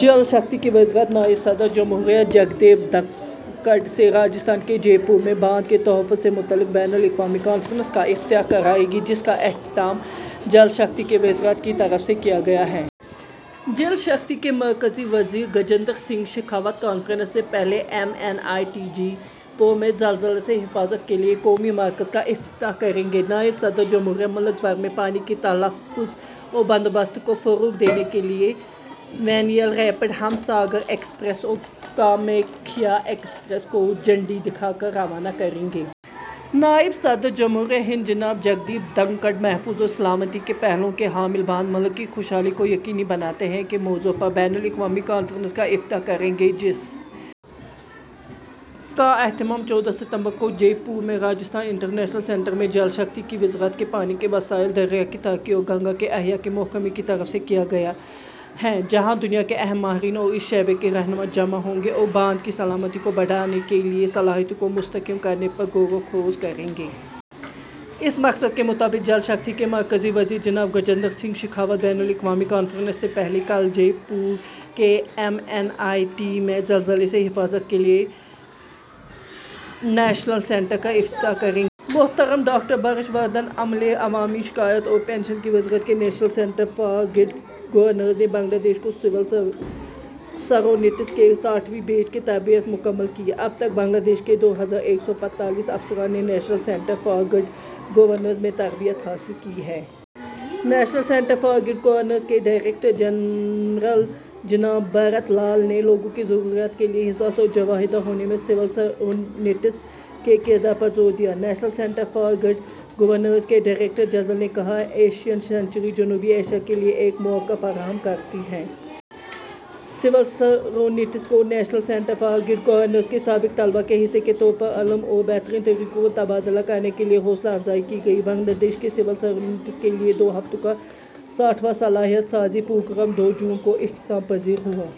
جل شکتی کی وزارت نائب صدر جمہوریہ جگدیپ دھنکڑ سے راجستھان کے جے پور میں باندھ کے تحفظ سے متعلق بین الاقوامی کانفرنس کا افتتاح کرائے گی، جس کا اہتمام جل شکتی کی وزارت کی طرف سے کیا گیا ہے۔ جل شکتی کے مرکزی وزیر گجیندر سنگھ شیخاوت کانفرنس سے پہلے M N I T Jaipur میں زلزلے سے حفاظت کے لیے قومی مرکز کا افتتاح کریں گے۔ نائب صدر جمہوریہ ملک بھر میں پانی کے تحفظ اور بندوبست کو فروغ دینے کے لیے وینئیل ریپڈ ہم ساگر ایکسپریس اور کامکھیا ایکسپریس کو جھنڈی دکھا کر روانہ کریں گے۔ نائب صدر جمہوریہ ہند جناب جگدیپ دھنکڑ، ’’محفوظ اور سلامتی کے پہلوؤں کے حامل باندھ، ملک کی خوشحالی کو یقینی بناتے ہیں‘‘ کے موضوع پر بین الاقوامی کانفرنس کا افتتاح کریں گے، جس کا اہتمام چودہ ستمبر کو جے پور میں راجستھان انٹرنیشنل سینٹر میں جل شکتی کی وزارت کے پانی کے وسائل، دریا کی ترقی اور گنگا کے احیاء کے محکمے کی طرف سے کیا گیا ہے، جہاں دنیا کے اہم ماہرین اور اس شعبے کے رہنما جمع ہوں گے اور باندھ کی سلامتی کو بڑھانے کے لیے صلاحیتوں کو مستحکم کرنے پر غور و خوض کریں گے۔ اس مقصد کے مطابق جل شکتی کے مرکزی وزیر جناب گجیندر سنگھ شیخاوت بین الاقوامی کانفرنس سے پہلے کل جے پور کے ایم این آئی ٹی میں زلزلے سے حفاظت کے لیے نیشنل سینٹر کا افتتاح کریں گے۔ محترم ڈاکٹر ہرش وردھن۔ عملے، عوامی شکایات اور پنشن کی وزارت کے national centre for good governance نے بنگلہ دیش کے سول سرونٹس کے ساٹھویں بیچ کی تربیت مکمل کی۔ اب تک بنگلہ دیش کے دو ہزار ایک سو پینتالیس افسران نے national centre for good governance میں تربیت حاصل کی ہے۔ National centre for good governance کے ڈائریکٹر جنرل جناب بھرت لال نے لوگوں کی ضروریات کے لیے حساس اور جوابدہ ہونے میں سول سرونٹس کے کردار پر زور دیا۔ National centre for good governance کے ڈائریکٹر جنرل نے کہا کہ ’’ایشین سنچری‘‘ جنوبی ایشیا کے لیے ایک موقع فراہم کرتی ہے۔ سول سرونٹس کو national centre for good governance کے سابق طلباء کے حصے کے طور پر علم اور بہترین طریقوں کا تبادلہ کرنے کے لیے حوصلہ افزائی کی گئی۔ بنگلہ دیش کے سول سرونٹس کے لیے دو ہفتوں کا ساٹھواں صلاحیت سازی پروگرام دو جون کو اختتام پذیر ہوا۔